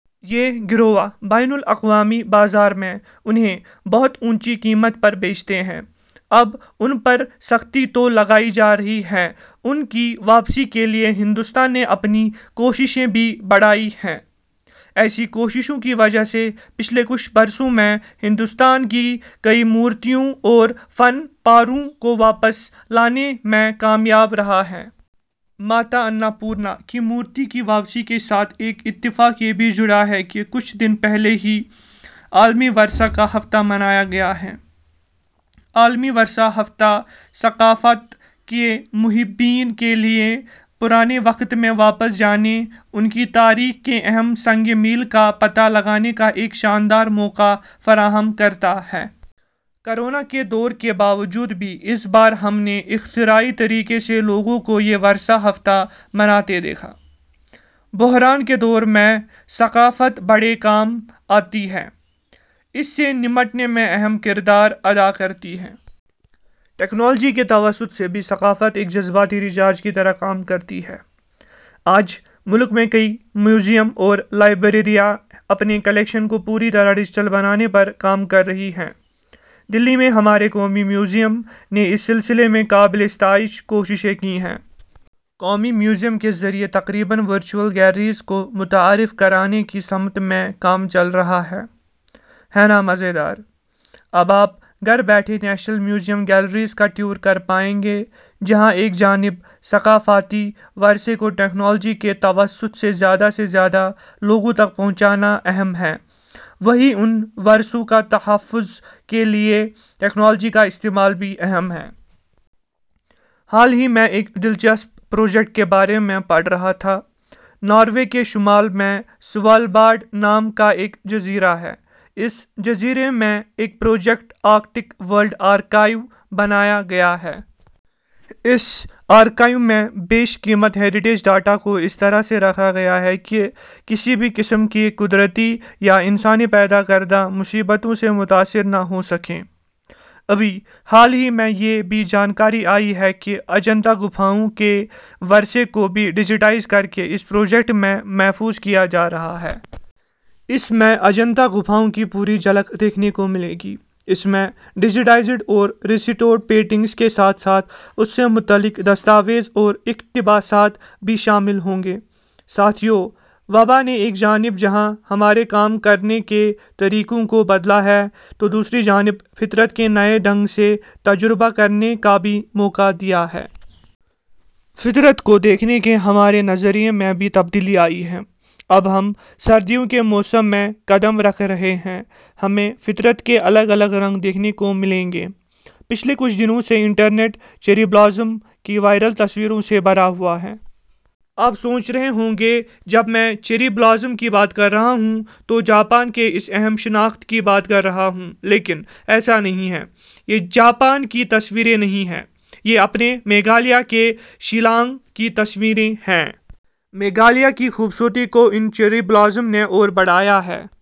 یہ گروہ بین الاقوامی بازار میں، انہیں بہت اونچی قیمت پر بیچتے ہیں۔ اب ان پر سختی تو لگائی جارہی ہے ان کی واپسی کیلئے ہندوستان نے اپنی کوششیں بھی بڑھائی ہیں۔ ایسی کوششوں کی وجہ سے پچھلے کچھ برسوں میں ہندوستان کئی مورتیوں اور فن پاروں کو واپس لانے میں کامیاب رہا ہے۔ ماتا انّ پورنا کی مورتی کی واپسی کے سا تھ، ایک اتفاق یہ بھی جڑا ہے کہ کچھ دن پہلے ہی عالمی ورثہ کا ہفتہ منایا گیا ہے۔ عالمی ورثہ ہفتہ، ثقافت کے محبین کیلئے، پرانے وقت میں واپس جانے، ان کی تاریخ کے اہم سنگ میل کا پتہ لگانے کا ایک شاندار موقع فراہم کرتا ہے۔ کورونا کے دور کے باوجود بھی اس بار ہم نے اختراعی طریقے سے لوگوں کو یہ ورثہ ہفتہ مناتے دیکھا۔ بحران کے دور میں ثقافت بڑے کام آتی ہے۔ اس سے نمٹنے میں اہم کردار ادا کرتی ہے۔ ٹیکنالوجی کے توسط سے بھی ثقافت ایک جذباتی ریچارج کی طرح کام کرتی ہے۔ آج ملک میں کئی میوزیم اور لائبریریاں اپنے کلیکشن کو پوری طرح ڈیجیٹل بنانے پر کام کررہی ہیں۔ دہلی میں ہمارے قومی میوزیم نے اس سلسلے میں قابل ستائش کوششیں کی ہیں۔ قومی میوزیم کے ذریعے تقریباً ورچوول گیلریوں کو متعارف کرانے کی سمت میں کام چل رہا ہے۔ ہے نا مزیدار! اب آپ گھر بیٹھے نیشنل میوزیم گیلریز کا ٹور کرپائیں گے، جہاں ایک جانب ثقافتی ورثے کو ٹیکنالوجی کے توسط سے زیادہ سے زیادہ لوگوں تک پہنچانا اہم ہے وہیں ان ورثوں کے تحفظ کیلئے ٹیکنالوجی کا استعمال بھی اہم ہے۔ حال ہی میں ایک دلچسپ پروجیکٹ کے بارے میں پڑھ رہا تھا، ناروے کے شمال میں سولباڈ نام کا ایک جزیرہ ہے ، اس جزیرے میں ایک پروجیکٹ آرکٹک ورلڈ آرکائیو بنایا گیا ہے۔ اس آرکائیو میں بیش قیمتی ہیریٹیج ڈاٹا کو اس طرح سے رکھا گیا ہے کہ کسی بھی قسم کے قدرتی یا انسانی پیدا کردہ مصیبتوں سے متاثر نہ ہوسکیں۔ ابھی حال ہی میں یہ بھی جانکاری آئی ہے کہ اجنتا گپھاؤں کے ورثے کو بھی ڈیجیٹائز کرکے اس پروجیکٹ میں محفوظ کیا جارہا ہے۔ اس میں اجنتا گپھاؤں کی پوری جھلک دیکھنے کو ملے گی۔ اس میں ڈیجیٹلائزڈ اور ریسٹورڈ پینٹنگ کے ساتھ ساتھ اس سے متعلق دستاویز اور اقتباسات بھی شامل ہوں گے۔ ساتھیو، وبا نے ایک جانب جہاں ہمارے کام کرنے کے طور طریقوں کو بدلا ہے تو دوسری جانب فطرت کا نئے ڈھنگ سے تجربہ کرنے کا بھی موقع دیا ہے۔ فطرت کو دیکھنے کے ہمارے نظریے میں بھی تبدیلی آئی ہے۔ اب ہم سردیوں کے موسم میں قدم رکھ رہے ہیں، ہمیں فطرت کے الگ الگ رنگ دیکھنے کو ملیں گے۔ پچھلے کچھ دنوں سے انٹرنیٹ، چیری بلوزم کی وائرل تصویروں سے بھرا ہوا ہے۔ آپ سوچ رہے ہوں گے جب میں چیری بلوزم کی بات کررہا ہوں تو جاپان کے اس اہم شناخت کی بات کررہا ہوں۔ لیکن ایسا نہیں ہے۔ یہ جاپان کی تصویریں نہیں ہیں، یہ اپنے میگھالیہ کے شیلانگ کی تصویریں ہیں۔ میگھالیہ کی خوبصورتی کو ان چیری بلوزم نے اور بڑھادیا ہے۔